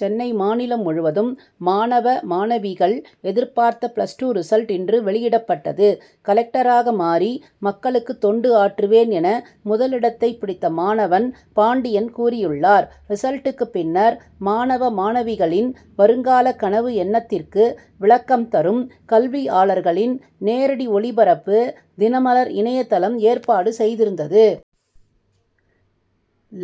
சென்னை மாநிலம் முழுவதும் மாணவ மாணவிகள் எதிர்பார்த்த பிளஸ் டூ ரிசல்ட் இன்று வெளியிடப்பட்டது. கலெக்டராக மாறி மக்களுக்கு தொண்டு ஆற்றுவேன் என முதலிடத்தை பிடித்த மாணவன் பாண்டியன் கூறியுள்ளார். ரிசல்ட்டுக்கு பின்னர் மாணவ மாணவிகளின் வருங்கால கனவு எண்ணத்திற்கு விளக்கம் தரும் கல்வியாளர்களின் நேரடி ஒளிபரப்பு தினமலர் இணையதளம் ஏற்பாடு செய்திருந்தது.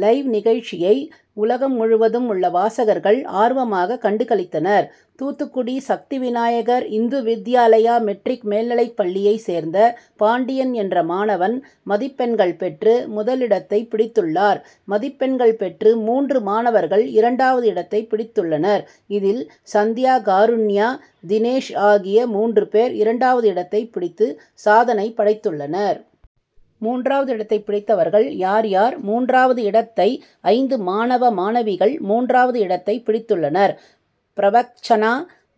லைவ் நிகழ்ச்சியை உலகம் முழுவதும் உள்ள வாசகர்கள் ஆர்வமாக கண்டுகளித்தனர். தூத்துக்குடி சக்தி விநாயகர் இந்து வித்யாலயா மெட்ரிக் மேல்நிலைப்பள்ளியை சேர்ந்த பாண்டியன் என்ற மாணவன் மதிப்பெண்கள் பெற்று முதலிடத்தை பிடித்துள்ளார். மதிப்பெண்கள் பெற்று மூன்று மாணவர்கள் இரண்டாவது இடத்தை பிடித்துள்ளனர். இதில் சந்தியா காருண்யா தினேஷ் ஆகிய மூன்று பேர் இரண்டாவது இடத்தை பிடித்து சாதனை படைத்துள்ளனர். மூன்றாவது இடத்தை பிடித்தவர்கள் யார் யார் மூன்றாவது இடத்தை ஐந்து மாணவ மாணவிகள் மூன்றாவது இடத்தை பிடித்துள்ளனர். பிரவக்சனா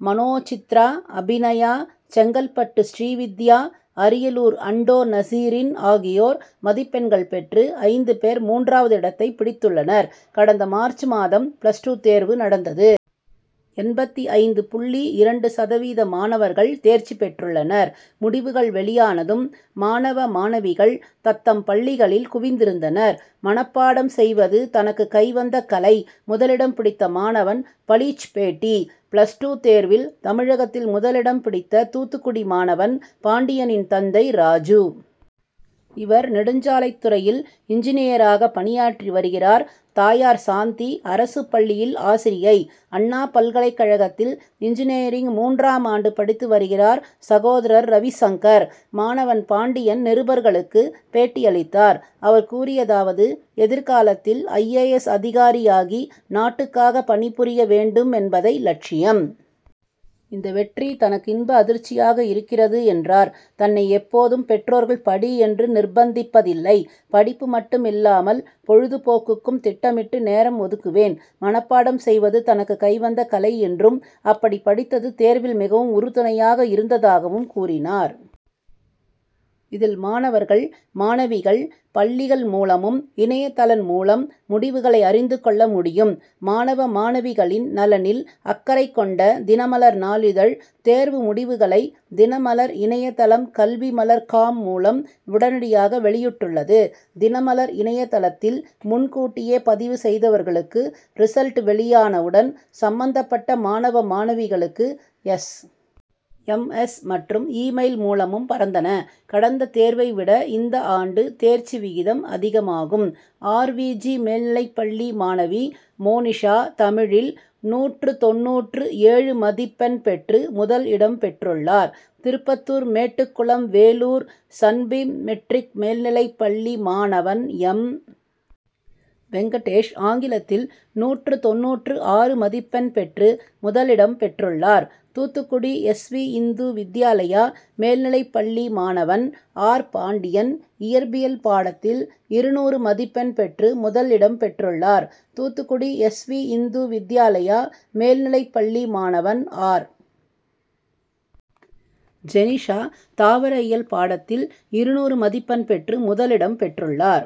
மனோசித்ரா அபிநயா செங்கல்பட்டு ஸ்ரீவித்யா அரியலூர் அண்டோ நசீரின் ஆகியோர் மதிப்பெண்கள் பெற்று ஐந்து பேர் மூன்றாவது இடத்தை பிடித்துள்ளனர். கடந்த மார்ச் மாதம் பிளஸ் டூ தேர்வு நடந்தது. எண்பத்திஐந்து புள்ளி இரண்டு சதவீத மாணவர்கள் தேர்ச்சி பெற்றுள்ளனர். முடிவுகள் வெளியானதும் மாணவ மாணவிகள் தத்தம் பள்ளிகளில் குவிந்திருந்தனர். மணப்பாடம் செய்வது தனக்கு கைவந்த கலை முதலிடம் பிடித்த மாணவன் பளீச் பேட்டி பிளஸ் டூ தேர்வில் தமிழகத்தில் முதலிடம் பிடித்த தூத்துக்குடி மாணவன் பாண்டியனின் தந்தை ராஜூ. இவர் நெடுஞ்சாலைத் துறையில் இன்ஜினியராக பணியாற்றி வருகிறார். தாயார் சாந்தி அரசு பள்ளியில் ஆசிரியை. அண்ணா பல்கலைக்கழகத்தில் இன்ஜினியரிங் மூன்றாம் ஆண்டு படித்து வருகிறார் சகோதரர் ரவி சங்கர். மாணவன் பாண்டியன் நிருபர்களுக்கு பேட்டி அளித்தார். அவர் கூறியதாவது எதிர்காலத்தில் ஐ. ஏ. எஸ். அதிகாரியாகி நாட்டுக்காக பணி புரிய வேண்டும் என்பதை லட்சியம். இந்த வெற்றி தனக்கு இன்ப அதிர்ச்சியாக இருக்கிறது என்றார். தன்னை எப்போதும் பெற்றோர்கள் படி என்று நிர்பந்திப்பதில்லை படிப்பு மட்டும் இல்லாமல் பொழுதுபோக்குக்கும் திட்டமிட்டு நேரம் ஒதுக்குவேன். மணப்பாடம் செய்வது தனக்கு கைவந்த கலை என்றும் அப்படி படித்தது தேர்வில் மிகவும் உறுதுணையாக இருந்ததாகவும் கூறினார். இதில் மாணவர்கள் மாணவிகள் பள்ளிகள் மூலமும் இணையதளம் மூலம் முடிவுகளை அறிந்து கொள்ள முடியும். மாணவ மாணவிகளின் நலனில் அக்கறை கொண்ட தினமலர் நாளிதழ் தேர்வு முடிவுகளை தினமலர் இணையதளம் கல்விமலர் காம் மூலம் உடனடியாக வெளியிட்டுள்ளது. தினமலர் இணையதளத்தில் முன்கூட்டியே பதிவு செய்தவர்களுக்கு ரிசல்ட் வெளியான உடன் சம்பந்தப்பட்ட மாணவ மாணவிகளுக்கு எஸ். எம். எஸ். மற்றும் இ மெயில் மூலமும் பறந்தன. கடந்த தேர்வை விட இந்த ஆண்டு தேர்ச்சி விகிதம் அதிகமாகும். ஆர். வி. ஜி. மேல்நிலைப்பள்ளி மாணவி மோனிஷா தமிழில் நூற்று தொண்ணூற்று ஏழு மதிப்பெண் பெற்று முதல் இடம் பெற்றுள்ளார். திருப்பத்தூர் மேட்டுக்குளம் வேலூர் சன்பீம் மெட்ரிக் மேல்நிலைப்பள்ளி மாணவன் எம். வெங்கடேஷ் ஆங்கிலத்தில் நூற்று தொண்ணூற்று ஆறு மதிப்பெண் பெற்று முதல் இடம் பெற்றுள்ளார். தூத்துக்குடி எஸ். வி. இந்து வித்யாலயா மேல்நிலைப்பள்ளி மாணவன் ஆர். பாண்டியன் இயற்பியல் பாடத்தில் இருநூறு மதிப்பெண் பெற்று முதல் இடம் பெற்றுள்ளார். தூத்துக்குடி எஸ். வி. இந்து வித்யாலயா மேல்நிலைப்பள்ளி மாணவன் ஆர். ஜெனிஷா தாவர இயல் பாடத்தில் இருநூறு மதிப்பெண் பெற்று முதல் இடம் பெற்றுள்ளார்.